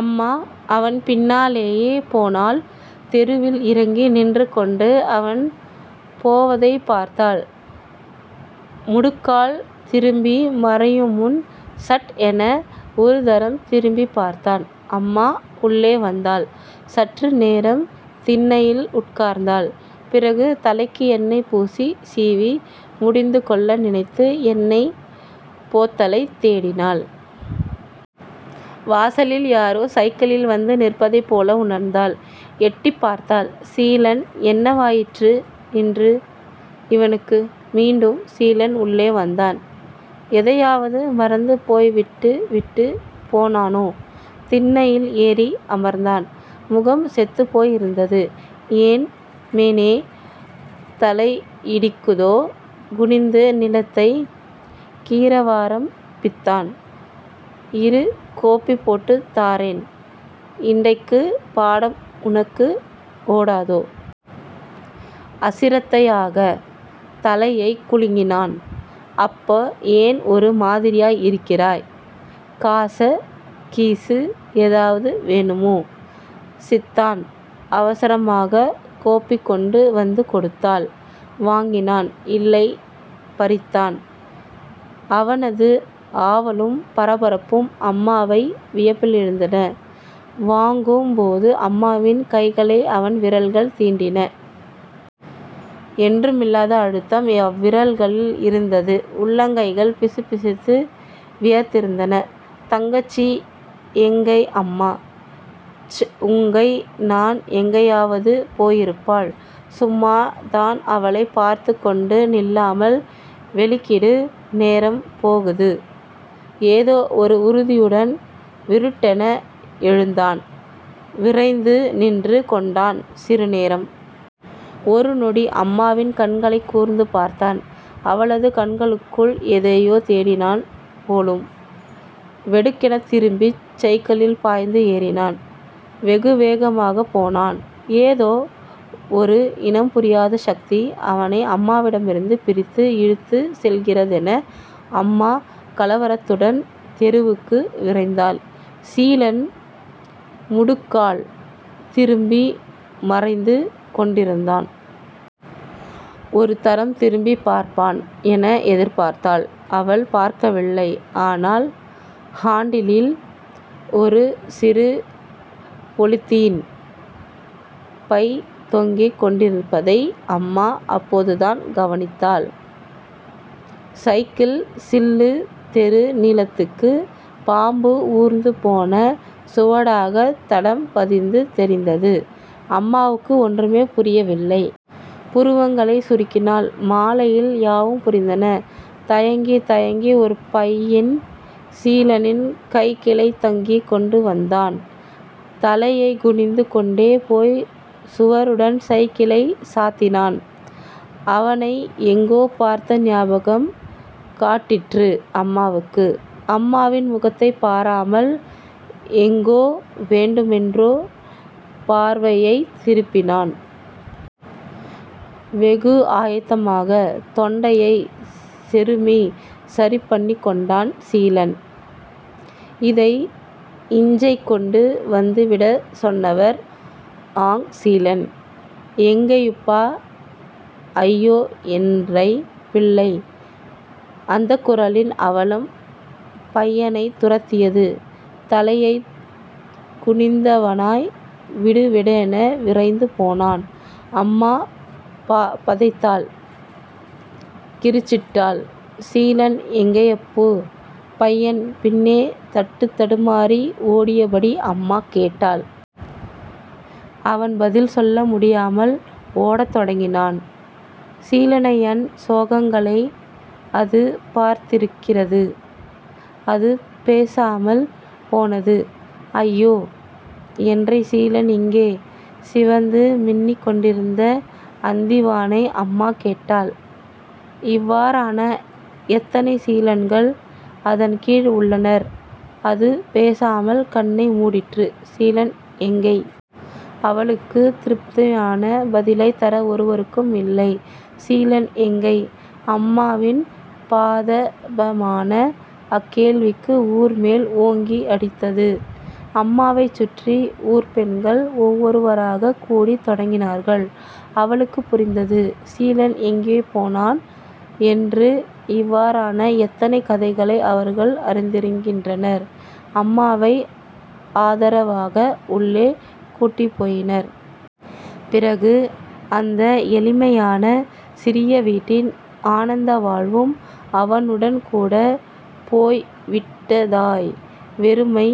அம்மா அவன் பின்னாலேயே போனாள். தெருவில் இறங்கி நின்றுகொண்டு அவன் போவதைப் பார்த்தாள் முடுக்கால் திரும்பி மறையுமுன் சட் என ஒருதரம் திரும்பிப் பார்த்தான். அம்மா உள்ளே வந்தாள். சற்று நேரம் திண்ணையில் உட்கார்ந்தாள். பிறகு தலைக்கு எண்ணெய் பூசி சீவி முடிந்துகொள்ள நினைத்து எண்ணெய்ப் போத்தலைத் தேடினாள். வாசலில் யாரோ சைக்கிளில் வந்து நிற்பதைப் போல உணர்ந்தாள். எட்டிப்பார்த்தாள். சீலன் என்னவாயிற்று இன்று இவனுக்கு? மீண்டும் சீலன் உள்ளே வந்தான். எதையாவது மறந்து போய் விட்டுவிட்டுப் போனானோ? திண்ணையில் ஏறி அமர்ந்தான். முகம் செத்துப்போய் இருந்தது. ஏன் மேனே தலையிடிக்குதோ குனிந்துநிலத்தை கீறவாரம்பித்தான். இரு கோப்பி போட்டுத் தாறன் இண்டைக்குப் பாடம் உனக்கு ஓடாதோ? அசிரத்தையாகத் தலையைக் குலுக்கினான். அப்ப ஏன் ஒரு மாதிரியாய் இருக்கிறாய்? காச கீசு ஏதாவது வேணுமோ? சித்தான் அவசரமாகக் கோப்பி கொண்டு வந்து கொடுத்தாள். வாங்கினான். இல்லை பறித்தான் அவனது ஆவலும் பரபரப்பும் அம்மாவை வியப்பிலாழ்த்தின. வாங்கும் போது அம்மாவின் கைகளை அவன் விரல்கள் தீண்டின. என்றுமில்லாத அழுத்தம் அவ்விரல்களில் இருந்தது. உள்ளங்கைகள் பிசுபிசுத்து வியர்த்திருந்தன. தங்கச்சி எங்கை அம்மா......? ப்ச்... உங்கை தான் எங்கையாவது போயிருப்பாள் சும்மா தான் அவளைப் பார்த்துக் கொண்டு நில்லாமல் வெளிக்கிடு.... நேரம் போகுது..... ஏதோ ஒரு உறுதியுடன் விருட்டென எழுந்தான். விறைந்து நின்று கொண்டான். சிறு நேரம். ஒரு நொடி அம்மாவின் கண்களைக் கூர்ந்து பார்த்தான். அவளது கண்களுக்குள் எதையோ தேடினான் போலும்! வெடுக்கெனத் திரும்பிச் சைக்களில் பாய்ந்து ஏறினான். வெகுவேகமாகப் போனான். ஏதோ ஒரு இனம்புரியாத சக்தி அவனை அம்மாவிடமிருந்து பிரித்து இழுத்துச் செல்கிறதென.... அம்மா கலவரத்துடன் தெருவுக்கு விரைந்தாள். சீலன் முடுக்கால் திரும்பி மறைந்து கொண்டிருந்தான். ஒரு தரம் திரும்பிப் பார்ப்பான் என எதிர்பார்த்தாள். அவன் பார்க்கவில்லை. ஆனால் ஹாண்டிலில் ஒரு சிறு பொலித்தீன் பை தொங்கிக் கொண்டிருப்பதை அம்மா அப்போதுதான் கவனித்தாள். சைக்கிள் சில்லு தெரு நீளத்துக்கு பாம்பு ஊர்ந்து போன சுவடாகத் தடம் பதித்துத் தெரிந்தது. அம்மாவுக்கு ஒன்றுமே புரியவில்லை. புருவங்களைச் சுருக்கினாள். மாலையில் யாவும் புரிந்தன. தயங்கித் தயங்கி ஒரு பையன் சீலனின் கைக்கிளைத் தள்ளிக் கொண்டு வந்தான். தலையைக் குனிந்து கொண்டே போய்ச் சுவருடன் சைக்கிளைச் சாத்தினான். அவனை எங்கோ பார்த்த ஞாபகம் காட்டிற்று அம்மாவுக்கு. அம்மாவின் முகத்தைப் பாராமல் எங்கோ வேண்டுமென்றே பார்வையைத் திருப்பினான். வெகு ஆயத்தமாக தொண்டையைச் செருமிச் சரிபண்ணிக் கொண்டான். சீலன்.... இதை... இஞ்சை கொண்டு வந்து விடச் சொன்னவர்...ஆங் சீலன் எங்கையப்பு...ஐயோஎன்ரை பிள்ளை... அந்தக் குரலின் அவலம் பையனைத் துரத்தியது. தலையைத் குனிந்தவனாய் விடுவிடென விரைந்து போனான். அம்மா பதைத்தாள் கிரிச்சிட்டாள். சீலன் எங்கையப்பு....பையன் பின்னே தட்டுத்தடுமாறி ஓடியபடி அம்மா கேட்டாள். அவன் பதில் சொல்ல முடியாமல் ஓடத் தொடங்கினான். சீலன்னையான் சோகங்களை அது பார்த்திருக்கிறது அது பேசாமல் போனது. ஐயோ, என்ரை சீலன் எங்கே..சிவந்து மின்னிக் கொண்டிருந்த அந்திவானை அம்மா கேட்டாள். இவ்வாறான எத்தனை சீலன்கள் அதன் கீழ் உள்ளனர். அது பேசாமல் கண்ணை மூடிற்று. சீலன் எங்கை? அவளுக்குத் திருப்பிதயான பதிலைத் தர ஒருவரும் இல்லை. சீலன் எங்கை? அம்மாவின் பாதாபமான அக்கேள்வி ஊர் மேல் ஓங்கி அடித்தது. அம்மாவைச் சுற்றி ஊர்ப்பெண்கள் ஒவ்வொருவராகக் கூடத் தொடங்கினார்கள். அவளுக்குப் புரிந்தது சீலன் எங்கே போனான் என்று இவ்வாறான எத்தனை கதைகளை அவர்கள் அறிந்திருக்கின்றனர். அம்மாவை ஆதரவாக உள்ளே கூட்டிப்போயினர். பிறகு, அந்த எளிமையான சிறிய வீட்டின் ஆனந்தவாழ்வும் அவனுடன் கூடப் போய்விட்டதாய்.... வெறுமை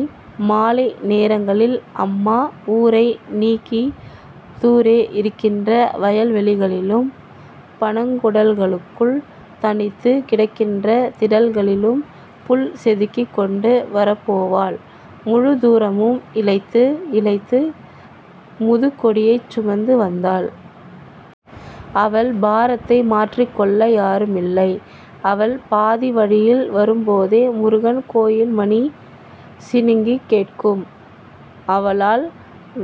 மாலை நேரங்களில் அம்மா ஊரை நீங்கித் தூரே இருக்கின்ற வயல்வெளிகளிலும் பனங்கூடல்களுக்குள் தனித்துக் கிடக்கின்ற திடல்களிலும் புல் செதுக்கிக் கொண்டு வரப் போவாள். முழுத் தூரமும் இளைத்து, இளைத்து முதுகொடியச் சுமந்து வந்தாள். அவள் பாரத்தை மாற்றிக்கொள்ள யாருமில்லை. அவள் பாதி வழியில் வரும்போதே முருகன் கோயில் மணி சிணுங்கிக் கேட்கும். அவளால்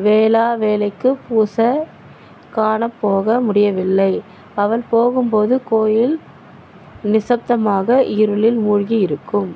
வேளா வேளைக்கு பூசை காணப்போக முடியவில்லை. அவள் போகும்போது கோயில் நிசப்தமாக இருளில் மூழ்கி இருக்கும்.